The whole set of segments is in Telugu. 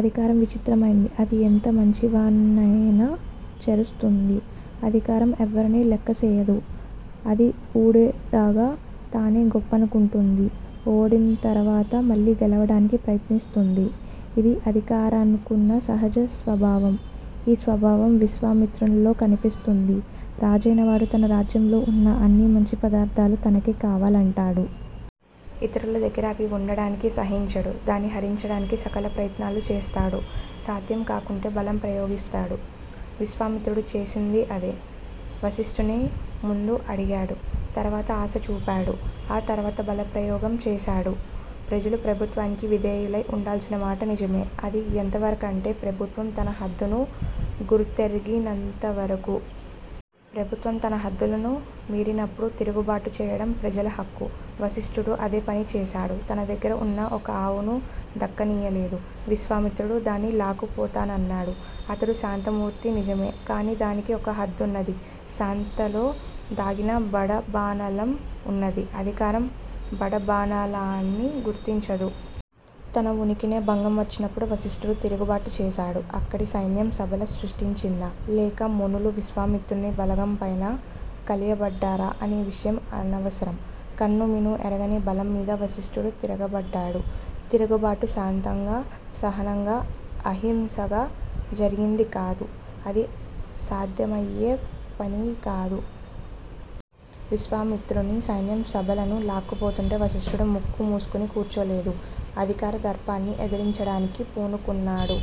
అధికారం విచిత్రమైంది. అది ఎంత మంచివాణ్ణయినా చెరుస్తుంది. అధికారం ఎవ్వరినీ లెక్కసేయదు. అది ఊడేదాగా తానే గొప్పనుకుంటుంది. ఓడింతర్వాత మళ్లీ గెలవటానికి ప్రయత్నిస్తుంది. ఇది అధికారానుకున్న సహజస్వభావం. ఈ స్వభావం విశ్వామిత్రునిలో కనిపిస్తుంది. రాజైనవాడు తన రాజ్యంలో వున్న అన్ని మంచి పదార్థాలు తనకే కావాలంటాడు. ఇతరుల దగ్గర అవి వుండటానికి సహించడు. దాన్ని హరించడానికి సకల ప్రయత్నాలు చేస్తాడు. సాధ్యంకాకుంటే బలం ప్రయోగిస్తాడు. విశ్వామిత్రుడు చేసింది అదే. వశిష్ఠుని ముందు అడిగాడు. తర్వాత ఆశ చూపాడు. ఆ తర్వాత బలప్రయోగం చేశాడు. ప్రజలు ప్రభుత్వానికి విధేయులై వుండాల్సినమాట నిజమే. అది ఎంతవరకంటే ప్రభుత్వం తన హద్దును గుర్తెరిగినంతవరకు. ప్రభుత్వం తన హద్దులను మీరినపుడు తిరుగుబాటు చేయడం ప్రజల హక్కు. వశిష్టుడు అదేపని చేశాడు. తన దగ్గర వున్న ఒక్క ఆవును దక్కనీయలేదు. విశ్వామిత్రుడు దాన్ని లాక్కుపోతానన్నాడు. అతడు శాంతమూర్తి నిజమే. కాని దానికి ఒక హద్దున్నది. శాంతలో దాగిన బడబానలం వున్నది. అధికారం బడబానలాన్ని గుర్తించదు. తన ఉనికినే భంగం వచ్చినప్పుడు వశిష్టుడు తిరుగుబాటు చేశాడు. అక్కడి సైన్యం శబల సృష్టించిందా? లేక మునులు విశ్వామిత్రుని బలగంపైన కలియబడ్డారా అనే విషయం అనవసరం, కన్ను మిన్ను ఎరగని బలంమీద వశిష్ఢుడు తిరగబడ్డాడు. తిరుగుబాటు శాంతంగా, సహనంగా, అహింసగా జరిగిందికాదు. అది సాధ్యమయ్యే పనికాదు. విశ్వామిత్రుని సైన్యం శబళను లాక్కుపోతుంటే వశిష్టుడు ముక్కు మూసుకొని కూర్చోలేదు. అధికార దర్పాన్ని ఎదిరించడానికి పూనుకున్నాడు.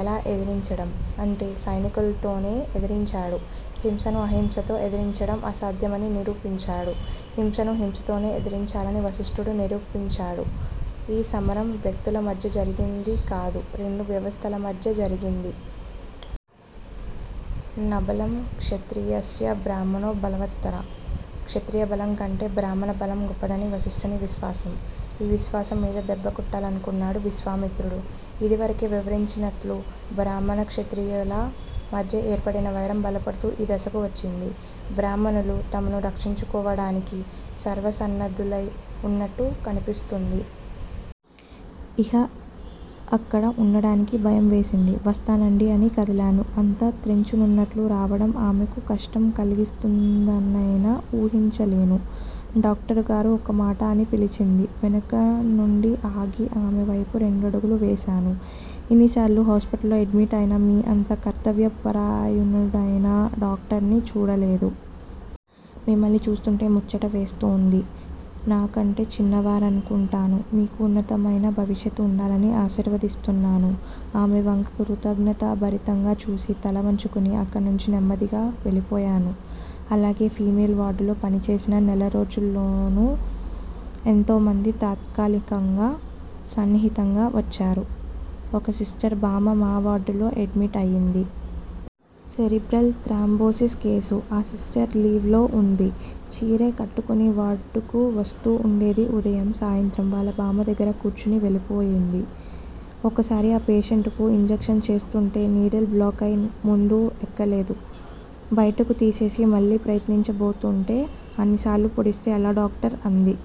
ఎలా ఎదిరించడం? అంటే సైనికులతోనే ఎదిరించాడు. హింసను అహింసతో ఎదిరించడం అసాధ్యమని నిరూపించాడు. హింసను హింసతోనే ఎదిరించాలని వశిష్టుడు నిరూపించాడు. ఈ సమరం వ్యక్తులమధ్య జరిగిందికాదు. రెండు వ్యవస్థలమధ్య జరిగింది. నబలం క్షత్రియస్య బ్రాహ్మణో బలవత్తరః క్షత్రియ బలంకంటే బ్రాహ్మణ బలం గొప్పదని వశిష్టుని విశ్వాసం. ఈ విశ్వాసం మీద దెబ్బకొట్టాలనుకున్నాడు విశ్వామిత్రుడు. ఇదివరకే వివరించినట్లు, బ్రాహ్మణ, క్షత్రియుల మధ్య ఏర్పడిన వైరం బలపడుతూ ఈ దశకు వచ్చింది. బ్రాహ్మణులు తమను రక్షించుకోవడానికి సర్వసన్నద్ధులై వున్నట్టు కనిపిస్తుంది. ఇహ అక్కడ వుండటానికి భయం వేసింది. వస్తానండి అని కదిలాను. అంత త్రెంచునున్నట్లు రావటం ఆమెకు కష్టం కలిగిస్తుందనైనా ఊహించలేను. డాక్టరుగారూ, ఒక్కమాట! అని పిలిచింది, వెనుకనుండి ఆగి, ఆమె వైపు రెండడుగులు వేశాను. ఇన్నిసార్లు హాస్పిటల్ లో ఎడ్మిట్ అయినా మీ అంత కర్తవ్య పరాయణుడైన డాక్టర్ని చూడలేదు. మిమ్మల్ని చూస్తుంటే ముచ్చట వేస్తోంది నాకంటే చిన్నవారనుకుంటాను, మీకు వున్నతమైన భవిష్యత్తు వుండాలని ఆశీర్వదిస్తున్నాను. ఆమె వంక కృతజ్ఞతా భరితంగా చూసి, తల వంచుకుని అక్కణ్నుంచి నెమ్మదిగా వెళ్ళిపోయాను. అలాగే ఫిమేల్ వార్డులో పనిచేసిన నెలరోజుల్లోనూ ఎంతోమంది తాత్కాలికంగా సన్నిహితంగా వచ్చారు. ఒక సిస్టర్ బామ్మ మా వార్డులో ఎడ్మిట్ అయింది. Cerebral thrombosis case. ఆ సిస్టర్ లీవ్ లో వుంది. చీరె కట్టుకుని వార్డుకు వస్తూ వుండేది ఉదయం, సాయంత్రం వాళ్ళ బామ్మ దగ్గర కూర్చుని వెళ్ళిపోయింది. ఒకసారి ఆ పేషెంటుకు ఇంజక్షన్ చేస్తోంటే నీడిల్ బ్లాక్ అయి మందు ఎక్కలేదు బయటకు తీసేసి మళ్ళీ ప్రయత్నించబోతూంటే అన్నిసార్లు పొడిస్తే ఎలా డాక్టర్? అంది.